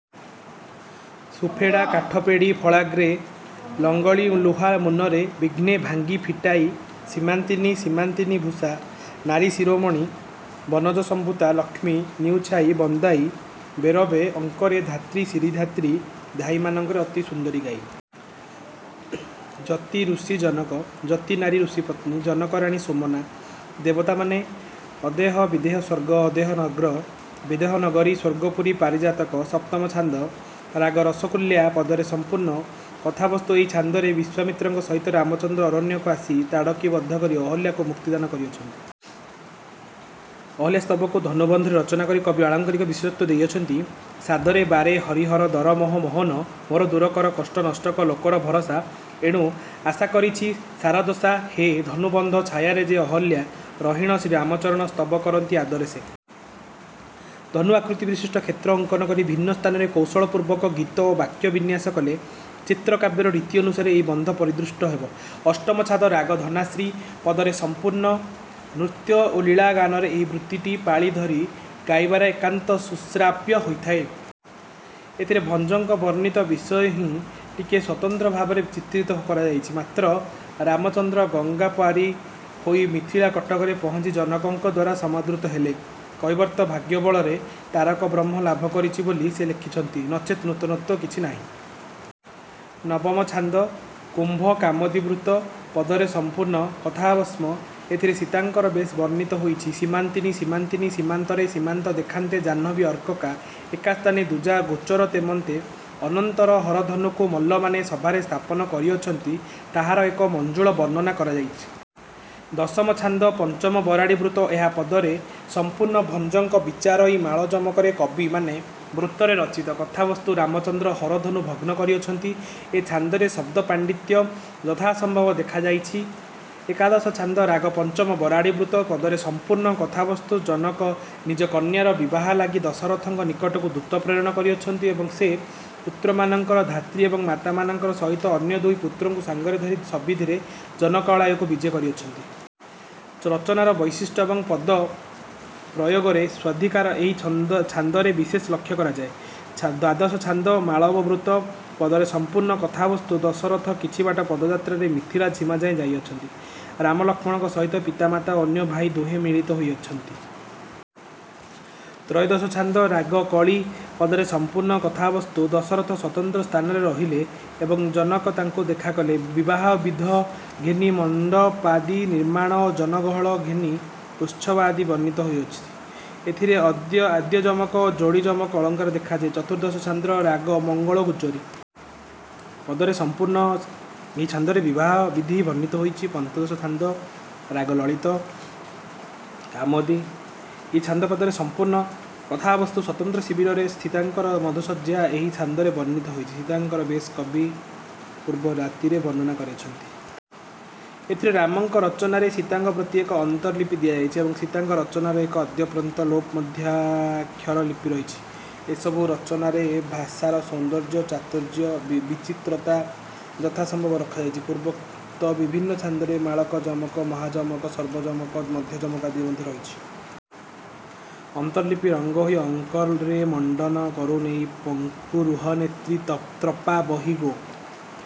ସୁଫେଡ଼ା − କାଠପେଡ଼ି। ଫଳାଗ୍ରେ - ଲଙ୍ଗଳିଲୁହା ମୁନରେ। ବିଘ୍ନେ - ଭାଙ୍ଗି, ଫିଟାଇ। ସୀମନ୍ତିନୀ - ସୀମନ୍ତିନୀ ଭୂଷା - ନାରୀ ଶିରୋମଣି। ବନଜସମ୍ଭୂତା - ଲକ୍ଷ୍ମୀ। ନିଉଛାଇ - ବନ୍ଦାଇ। ବେରବେ - ଅଙ୍କରେ। ଧାତ୍ରୀ ଶିରୀଧାତ୍ରୀ - ଧାଈମାନଙ୍କରେ ଅତି ସୁନ୍ଦରୀ ଧାଈ। ଯତି - ଋଷି, ଜନକ। ଯତିନାରୀ - ଋଷିପତ୍ନୀ, ଜନକରାଣୀ ସୁମନା - ଦେବତାମାନେ। ଅଦେହ - ବିଦେହ ସ୍ୱର୍ଗ। ଅଦେହ ନଗ୍ର - ବିଦେହ ନଗରୀ, ସ୍ୱର୍ଗପୁରୀ, ପାରିଜାତକ। ସପ୍ତମ ଛାନ୍ଦ-ରାଗ ରସକୂଲ୍ୟା, ପଦରେ ସମ୍ପୂର୍ଣ୍ଣ। କଥାବସ୍ତୁ-ଏହି ଛାନ୍ଦରେ ବିଶ୍ୱାମିତ୍ରଙ୍କ ସହିତ ରାମଚନ୍ଦ୍ର ଅରଣ୍ୟକୁ ଆସି ତାଡ଼କୀ ବଧକରି ଅହଲ୍ୟାକୁ ମୁକ୍ତିଦାନ କରିଅଛନ୍ତି। ଅହଲ୍ୟାସ୍ତବକୁ ଧନୁବନ୍ଧରେ ରଚନା କରି କବି ଆଳଙ୍କାରିକ ବିଶେଷତ୍ୱ ଦେଇଅଛନ୍ତି। ସାଦରେ ବାରେ ହରିହର ଦର ମୋହ ମୋହନ ମୋର ଦୂରକର କଷ୍ଟ ନଷ୍ଟକ ଲୋକର ଭରସା ଏଣୁ ଆଶା କରିଛି ସାରଦଶା ହେ ଏ ଧନୁ ବନ୍ଧ ଛାୟାରେ ଯେ ଅହଲ୍ୟା ରହିଣ ଶ୍ରୀରାମଚରଣ ସ୍ତବ କରନ୍ତି ଆଦରେ ସେ। ଧନୁ ଆକୃତିବିଶିଷ୍ଟ କ୍ଷେତ୍ର ଅଙ୍କନ କରି ଭିନ୍ନ ସ୍ଥାନରେ କୌଶଳପୂର୍ବକ ଗୀତ ଓ ବାକ୍ୟ ବିନ୍ୟାସ କଲେ ଚିତ୍ରକାବ୍ୟର ରୀତି ଅନୁସାରେ ଏହି ବନ୍ଧ ପରିଦୃଷ୍ଟ ହେବ। ଅଷ୍ଟମ ଛାନ୍ଦ-ରାଗ ଧନାଶ୍ରୀ। ପଦରେ ସମ୍ପୂର୍ଣ୍ଣ। ନୃତ୍ୟ ଓ ଲୀଳା ଗାନରେ ଏହି ବୃତ୍ତଟି ପାଳି ଧରି ଗାଇବାରେ ଏକାନ୍ତ ସୁଶ୍ରାବ୍ୟ ହୋଇଥାଏ। ଏଥିରେ ଭଞ୍ଜଙ୍କ ବର୍ଣ୍ଣିତ ବିଷୟ ହିଁ ଟିକିଏ ସ୍ୱତନ୍ତ୍ର ଭାବରେ ଚିତ୍ରିତ କରାଯାଇଛି ମାତ୍ର। ରାମଚନ୍ଦ୍ର ଗଙ୍ଗା ପାରି ହୋଇ ମିଥିଳା କଟକରେ ପହଞ୍ଚି ଜନକଙ୍କଦ୍ୱାରା ସମାଦୃତ ହେଲେ। କୈବର୍ତ୍ତ ଭାଗ୍ୟବଳରେ ତାରକ ବ୍ରହ୍ମ ଲାଭ କରିଛି ବୋଲି ସେ ଲେଖିଛନ୍ତି। ନଚେତ୍ ନୂତନତ୍ୱ କିଛି ନାହିଁ। ନବମ ଛାନ୍ଦ-କୁମ୍ଭ କାମୋଦି ବୃତ୍ତ। ପଦରେ ସମ୍ପୂର୍ଣ୍ଣ। କଥାବସ୍ଣ- ଏଥିରେ ସୀତାଙ୍କର ବେଶ ବର୍ଣ୍ଣିତ ହୋଇଛି। ସୀମନ୍ତିନୀ-ସୀମନ୍ତିନୀ ସୀମାନ୍ତରେ ସୀମନ୍ତ ଦେଖାନ୍ତେ ଜାହ୍ନବୀ ଅର୍କକା ଏକ ସ୍ଥାନେ ଦୁଜା ଗୋଚର ତେମନ୍ତେ। ଅନନ୍ତର ହରଧନୁକୂ ମଲ୍ଲମାନେ ସଭାରେ ସ୍ଥାପନ କରିଅଛନ୍ତି। ତାହାର ଏକ ମଞ୍ଜୁଳ ବର୍ଣ୍ଣନା କରାଯାଇଛି। ଦଶମ ଛାନ୍ଦ-ପଞ୍ଚମ ବରାଡି ବୃତ୍ତ। ଏହା ପଦରେ ସଂପୂର୍ଣ୍ଣ। ଭଞ୍ଜଙ୍କ ''ବିଚାରଇ ମାଳ ଯମକରେ କବି ମନେ" ବୃତ୍ତରେ ରଚିତ। କଥାବସ୍ତୁ-ରାମଚନ୍ଦ୍ର ହରଧନୁ ଭଗ୍ନ କରିଅଛନ୍ତି। ଏ ଛାନ୍ଦରେ ଶବ୍ଦ-ପାଣ୍ଡିତ୍ୟ ଯଥାସମ୍ଭବ ଦେଖାଯାଇଛି। ଏକାଦଶ ଛାନ୍ଦ-ରାଗ ପଞ୍ଚମ ବରାଡ଼ି ବୃତ୍ତ। ପଦରେ ସଂପୂର୍ଣ୍ଣ-। କଥାବସ୍ତୁ-ଜନକ ନିଜ କନ୍ୟାର ବିବାହ ଲାଗି ଦଶରଥଙ୍କ ନିକଟକୁ ଦୂତ ପ୍ରେରଣ କରିଅଛନ୍ତି ଏବଂ ସେ ପୁତ୍ରମାନଙ୍କର ଧାତ୍ରୀ ଏବଂ ମାତାମାନଙ୍କ ସହିତ ଅନ୍ୟ ଦୁଇ ପୁତ୍ରଙ୍କୁ ସଙ୍ଗରେ ଧରି ସବିଧିରେ ଜନକାଳୟକୁ ବିଜେ କରିଛନ୍ତି। ରଚନାର ବୈଶିଷ୍ଟ୍ୟ ଏବଂ ପଦ ପ୍ରୟୋଗରେ ସ୍ୱାଧିକାର ଏଇ ଛାନ୍ଦରେ ବିଶେଷ ଲକ୍ଷ୍ୟ କରାଯାଏ। ଦ୍ୱାଦଶ ଛାନ୍ଦ - ମାଳବ ବୃତ୍ତ। ପଦରେ ସଂପୂର୍ଣ୍ଣ। କଥାବସ୍ତୁ - ଦଶରଥ କିଛିବାଟ ପଦଯାତ୍ରାରେ ମିଥିଳା ସୀମାଯାଏଁ ଯାଇଛନ୍ତି। ରାମ ଲକ୍ଷ୍ମଣଙ୍କ ସହିତ ପିତାମାତା ଓ ଅନ୍ୟ ଭାଇ ଦୁହେଁ ମିଳିତ ହୋଇଛନ୍ତି। ତ୍ରୟୋଦଶ ଛାନ୍ଦ-ରାଗ କାଳୀ। ପଦରେ ସଂପୂର୍ଣ୍ଣ। କଥାବସ୍ତୁ - ଦଶରଥ ସ୍ୱତନ୍ତ୍ର ସ୍ଥାନରେ ରହିଲେ ଏବଂ ଜନକ ତାଙ୍କୁ ଦେଖାକଲେ। ବିବାହବିଧ ଘେନି ମଣ୍ଡପାଦି ନିର୍ମ୍ମାଣ ଓ ଜନଗହଳ ଘେନି ଉତ୍ସବାଦି ବର୍ଣ୍ଣିତ ହୋଇଅଛି। ଏଥିରେ ଆଦ୍ୟଯମକ ଓ ଯୋଡ଼ିଯମକ ଅଳଙ୍କାର ଦେଖାଯାଏ। ଚତୁର୍ଦ୍ଦଶ ଛାନ୍ଦ - ରାଗ ମଙ୍ଗଳଗୁର୍ଜ୍ଜରୀ। ପଦରେ ସଂପୂର୍ଣ୍ଣ। ଏହି ଛାନ୍ଦରେ ବିବାହବିଧି ବର୍ଣ୍ଣିତ ହୋଇଛି। ପଞ୍ଚଦଶ ଛାନ୍ଦ - ରାଗ ଲଳିତ କାମୋଦି। ଏହି ଛାନ୍ଦ ପଦରେ ସଂପୂର୍ଣ୍ଣ। କଥାବସ୍ତୁ - ସ୍ୱତନ୍ତ୍ର ଶିବିରରେ ସୀତାଙ୍କର ମଧୁଶଯ୍ୟା ଏହି ଛାନ୍ଦରେ ବର୍ଣ୍ଣିତ ହୋଇଛି। ସୀତାଙ୍କର ବେଶ କବି ପୂର୍ବ ରାତିରେ ବର୍ଣ୍ଣନା କରିଅଛନ୍ତି। ଏଥିରେ ରାମଙ୍କ ରଚନାରେ ସୀତାଙ୍କ ପ୍ରତି ଏକ ଅନ୍ତର୍ଲିପି ଦିଆଯାଇଛି ଏବଂ ସୀତାଙ୍କ ରଚନାରେ ଏକ ଆଦ୍ୟପ୍ରାନ୍ତ ଲୋପ ମଧ୍ୟାକ୍ଷର ଲିପି ରହିଛି। ଏସବୁ ରଚନାରେ ଭାଷାର ସୌନ୍ଦର୍ଯ୍ୟ, ଚାତୁର୍ଯ୍ୟ, ବିଚିତ୍ରତା ଯଥାସମ୍ଭବ ରଖାଯାଇଛି-। ପୂର୍ବୋକ୍ତ ବିଭିନ୍ନ ଛାନ୍ଦରେ ମାଳଯମକ, ମହାଯମକ, ସର୍ବଯମକ, ମଧ୍ୟଯମକ ଆଦି ମଧ୍ୟ ରହିଛି। ଅନ୍ତର୍ଲିପି - ରଙ୍କ ହୋଇ ଅଙ୍କରେ ମଣ୍ଡନ କରୁ ନେଇ ପଙ୍କରୁହନେତ୍ରୀ ତ୍ରପା ବହି ଗୋ।